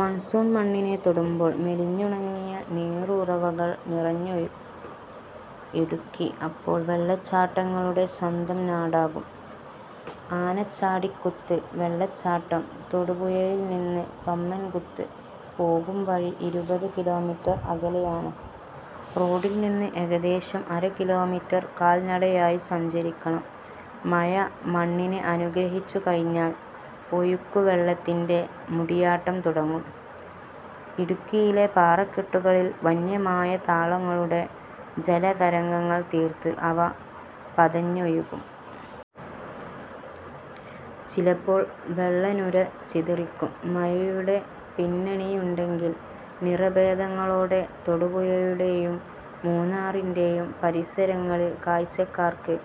Monsoon മണ്ണിനെ തൊടുമ്പോൾ മെലിഞ്ഞുണങ്ങിയ നീരുറവകൾ നിറഞ്ഞൊഴുകും. ഇടുക്കി അപ്പോൾ വെള്ളച്ചാട്ടങ്ങളുടെ സ്വന്തം നാടാകും. ആനചാടിക്കുത്ത് വെള്ളച്ചാട്ടം തൊടുപുഴയിൽനിന്ന് തൊമ്മൻകുത്ത് പോകുംവഴി ഇരുപത് കിലോമീറ്റർ അകലെയാണ്. റോഡിൽനിന്ന് ഏകദേശം അര കിലോമീറ്റർ കാൽനടയായി സഞ്ചരിക്കണം. മഴ മണ്ണിനെ അനുഗ്രഹിച്ചുകഴിഞ്ഞാൽ ഒഴുക്കുവെള്ളത്തിന്റെ മുടിയാട്ടം തുടങ്ങും. ഇടുക്കിയിലെ പാറക്കെട്ടുകളിൽ വന്യമായ താളങ്ങളുടെ ജലതരംഗങ്ങൾ തീർത്ത് അവ പതഞ്ഞൊഴുകും. ചിലപ്പോൾ വെള്ളനുര ചിതറിക്കും. മഴയുടെ പിന്നണിയുണ്ടെങ്കിൽ നിറഭേദങ്ങളോടെ തൊടുപുഴയുടെയും മൂന്നാറിന്റെയും പരിസരങ്ങളിൽ കാഴ്ചക്കാർക്ക്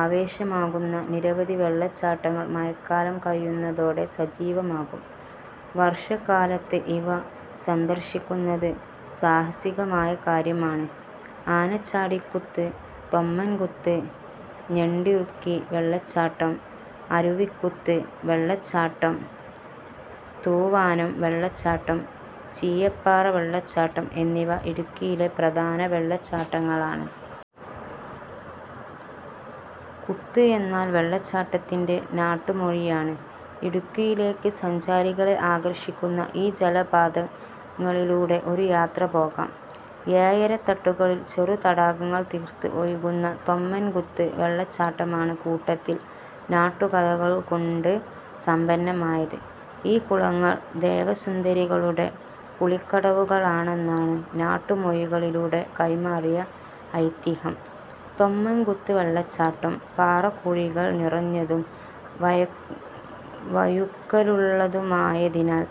ആവേശമാകുന്ന നിരവധി വെള്ളച്ചാട്ടങ്ങൾ മഴക്കാലം കഴിയുന്നതോടെ സജീവമാകും. വർഷകാലത്ത് ഇവ സന്ദർശിക്കുന്നത് സാഹസികമായ കാര്യമാണ്. ആനചാടിക്കുത്ത്, തൊമ്മൻകുത്ത്, ഞണ്ടിറുക്കി വെള്ളച്ചാട്ടം, അരുവിക്കുത്ത് വെള്ളച്ചാട്ടം, തൂവാനം വെള്ളച്ചാട്ടം, ചീയപ്പാറ വെള്ളച്ചാട്ടം എന്നിവ ഇടുക്കിയിലെ പ്രധാന വെള്ളച്ചാട്ടങ്ങളാണ്. കുത്ത് എന്നാൽ വെള്ളച്ചാട്ടത്തിന്റെ നാട്ടുമൊഴിയാണ്. ഇടുക്കിയിലേക്ക് സഞ്ചാരികളെ ആകർഷിക്കുന്ന ഈ ജലപാതങ്ങളിലൂടെ ഒരു യാത്ര പോകാം. ഏഴരത്തട്ടുകളിൽ ചെറുതടാകങ്ങൾ തീർത്ത് ഒഴുകുന്ന തൊമ്മൻകുത്ത് വെള്ളച്ചാട്ടമാണ് കൂട്ടത്തിൽ നാട്ടുകഥകൾകൊണ്ട് സമ്പന്നമായത്. ഈ കുളങ്ങൾ ദേവസുന്ദരികളുടെ കുളിക്കടവുകളാണെന്നാണ് നാട്ടുമൊഴികളിലൂടെ കൈമാറിയ ഐതിഹ്യം. തൊമ്മൻകുത്ത് വെള്ളച്ചാട്ടം പാറക്കുഴികൾ നിറഞ്ഞതും വഴുക്കലുള്ളതുമായതിനാൽ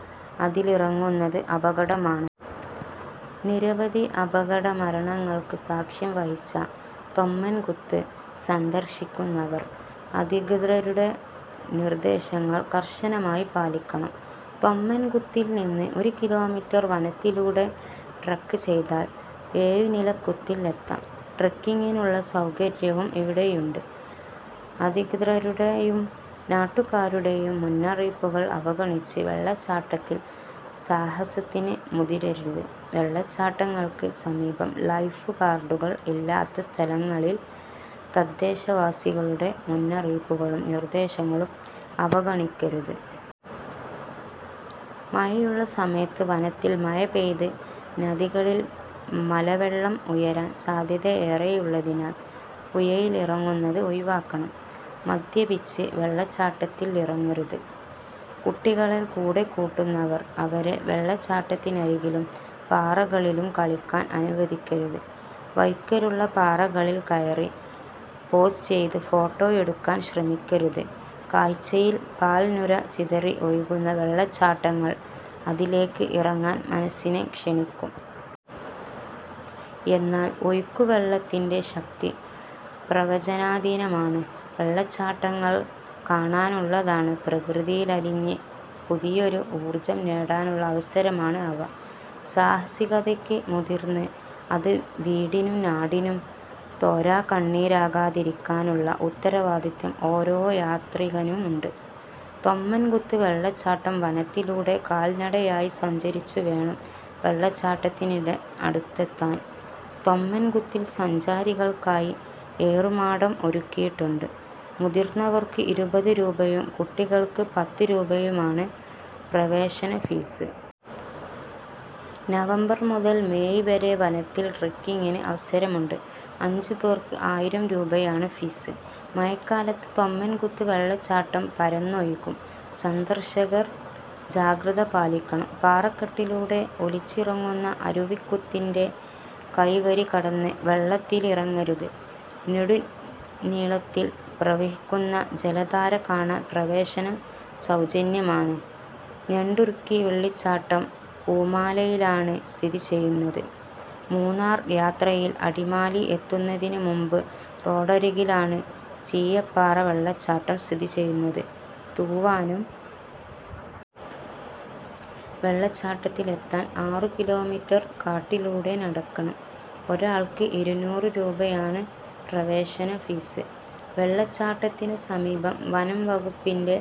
അതിലിറങ്ങുന്നത് അപകടമാണ്. നിരവധി അപകടമരണങ്ങൾക്ക് സാക്ഷ്യംവഹിച്ച തൊമ്മൻകുത്ത് സന്ദർശിക്കുന്നവർ അധികൃതരുടെ നിർദേശങ്ങൾ കർശനമായി പാലിക്കണം. തൊമ്മൻകുത്തിൽനിന്ന് ഒരു കിലോമീറ്റർ വനത്തിലൂടെ ട്രെക്ക് ചെയ്താൽ ഏഴുനിലക്കുത്തിൽ എത്താം. ട്രെക്കിങ്ങിനുള്ള സൗകര്യവും ഇവിടെയുണ്ട്. അധികൃതരുടെയും നാട്ടുകാരുടെയും മുന്നറിയിപ്പുകൾ അവഗണിച്ച് വെള്ളച്ചാട്ടത്തിൽ സാഹസത്തിന് മുതിരരുത്. വെള്ളച്ചാട്ടങ്ങൾക്ക് സമീപം ലൈഫ് ഗാർഡുകൾ ഇല്ലാത്ത സ്ഥലങ്ങളിൽ തദ്ദേശവാസികളുടെ മുന്നറിയിപ്പുകളും നിർദേശങ്ങളും അവഗണിക്കരുത്. മഴയുള്ള സമയത്ത് വനത്തിൽ മഴ പെയ്ത് നദികളിൽ മലവെള്ളം ഉയരാൻ സാധ്യതയേറെയുള്ളതിനാൽ പുഴയിലിറങ്ങുന്നത് ഒഴിവാക്കണം. മദ്യപിച്ച് വെള്ളച്ചാട്ടത്തിൽ ഇറങ്ങരുത്. കുട്ടികളെ കൂടെക്കൂട്ടുന്നവർ അവരെ വെള്ളച്ചാട്ടത്തിനരികിലും പാറകളിലും കളിക്കാൻ അനുവദിക്കരുത്. വഴുക്കലുള്ള പാറകളിൽ കയറി പോസ് ചെയ്ത് ഫോട്ടോ എടുക്കാൻ ശ്രമിക്കരുത്. കാഴ്ചയിൽ പാൽനുര ചിതറി ഒഴുകുന്ന വെള്ളച്ചാട്ടങ്ങൾ അതിലേക്ക് ഇറങ്ങാൻ മനസ്സിനെ ക്ഷണിക്കും. എന്നാൽ ഒഴുക്കുവെള്ളത്തിന്റെ ശക്തി പ്രവചനാതീതമാണ്. വെള്ളച്ചാട്ടങ്ങൾ കാണാനുള്ളതാണ്. പ്രകൃതിയിലലിഞ്ഞ് പുതിയൊരു ഊർജം നേടാനുള്ള അവസരമാണ് അവ. സാഹസികതയ്ക്ക് മുതിർന്ന് അത് വീടിനും നാടിനും തോരാക്കണ്ണീരാകാതിരിക്കാനുള്ള ഉത്തരവാദിത്തം ഓരോ യാത്രികനുമുണ്ട്. തൊമ്മൻകുത്ത് വെള്ളച്ചാട്ടം വനത്തിലൂടെ കാൽനടയായി സഞ്ചരിച്ചുവേണം വെള്ളച്ചാട്ടത്തിനടുത്തെത്താൻ. തൊമ്മൻകുത്തിൽ സഞ്ചാരികൾക്കായി ഏറുമാടം ഒരുക്കിയിട്ടുണ്ട്. മുതിർന്നവർക്ക് ഇരുപത് രൂപയും കുട്ടികൾക്ക് പത്ത് രൂപയുമാണ് പ്രവേശനഫീസ്. നവംബർ മുതൽ മേയ് വരെ വനത്തിൽ ട്രെക്കിങ്ങിന് അവസരമുണ്ട്. അഞ്ചുപേർക്ക് ആയിരം രൂപയാണ് ഫീസ്. മഴക്കാലത്ത് തൊമ്മൻകുത്ത് വെള്ളച്ചാട്ടം പരന്നൊഴുകും. സന്ദർശകർ ജാഗ്രത പാലിക്കണം. പാറക്കെട്ടിലൂടെ ഒലിച്ചിറങ്ങുന്ന അരുവിക്കുത്തിന്റെ കൈവരി കടന്ന് വെള്ളത്തിലിറങ്ങരുത്. നെടുനീളത്തിൽ പ്രവഹിക്കുന്ന ജലധാര കാണാൻ പ്രവേശനം സൗജന്യമാണ്. ഞണ്ടിറുക്കി വെള്ളച്ചാട്ടം പൂമാലയിലാണ് സ്ഥിതി ചെയ്യുന്നത്. മൂന്നാർ യാത്രയിൽ അടിമാലി എത്തുന്നതിനു മുൻപ് റോഡരികിലാണ് ചീയപ്പാറ വെള്ളച്ചാട്ടം സ്ഥിതി ചെയ്യുന്നത്. തൂവാനം വെള്ളച്ചാട്ടത്തിലെത്താൻ ആറു കിലോമീറ്റർ കാട്ടിലൂടെ നടക്കണം. ഒരാൾക്ക് ഇരുനൂറ് രൂപയാണ് പ്രവേശനഫീസ്. വെള്ളച്ചാട്ടത്തിനുസമീപം വനംവകുപ്പിന്റെ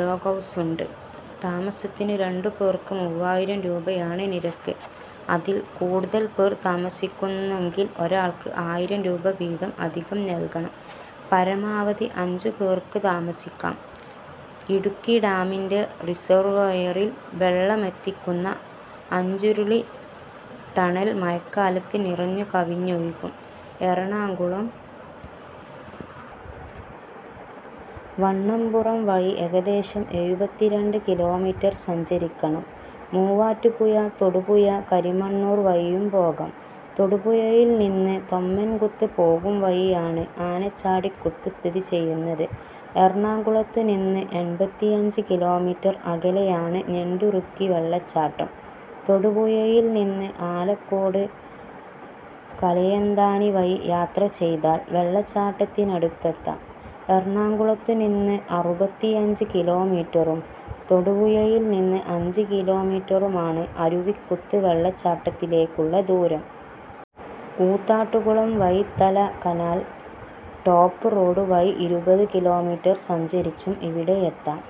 ലോഗ്ഹൗസുണ്ട്. താമസത്തിന് രണ്ടു പേർക്ക് മൂവായിരം രൂപയാണ് നിരക്ക്. അതിൽ കൂടുതൽ പേർ താമസിക്കുന്നെങ്കിൽ ഒരാൾക്ക് ആയിരം രൂപ വീതം അധികം നൽകണം. പരമാവധി അഞ്ചുപേർക്ക് താമസിക്കാം. ഇടുക്കി ഡാമിന്റെ റിസർവോയറിൽ വെള്ളമെത്തിക്കുന്ന അഞ്ചുരുളി ടണൽ മഴക്കാലത്ത് നിറഞ്ഞുകവിഞ്ഞൊഴുകും. എറണാകുളം വണ്ണപ്പുറം വഴി ഏകദേശം എഴുപത്തിരണ്ട് കിലോമീറ്റർ സഞ്ചരിക്കണം. മൂവാറ്റുപുഴ തൊടുപുഴ കരിമണ്ണൂർ വഴിയും പോകാം. തൊടുപുഴയിൽനിന്ന് തൊമ്മൻകുത്ത് പോകുംവഴിയാണ് ആനചാടിക്കുത്ത് സ്ഥിതി ചെയ്യുന്നത്. എറണാകുളത്തുനിന്ന് എൺപത്തിയഞ്ച് കിലോമീറ്റർ അകലെയാണ് ഞണ്ടിറുക്കി വെള്ളച്ചാട്ടം. തൊടുപുഴയിൽനിന്ന് ആലക്കോട് കലയന്താനി വഴി യാത്ര ചെയ്താൽ വെള്ളച്ചാട്ടത്തിനടുത്തെത്താം. എറണാകുളത്തുനിന്ന് അറുപത്തിയഞ്ച് കിലോമീറ്ററും തൊടുപുഴയിൽനിന്ന് അഞ്ച് കിലോമീറ്ററുമാണ് അരുവിക്കുത്ത് വെള്ളച്ചാട്ടത്തിലേക്കുള്ള ദൂരം. Koothattukulam Vazhithala canal top road വഴി ഇരുപത് കിലോമീറ്റർ സഞ്ചരിച്ചും ഇവിടെ എത്താം.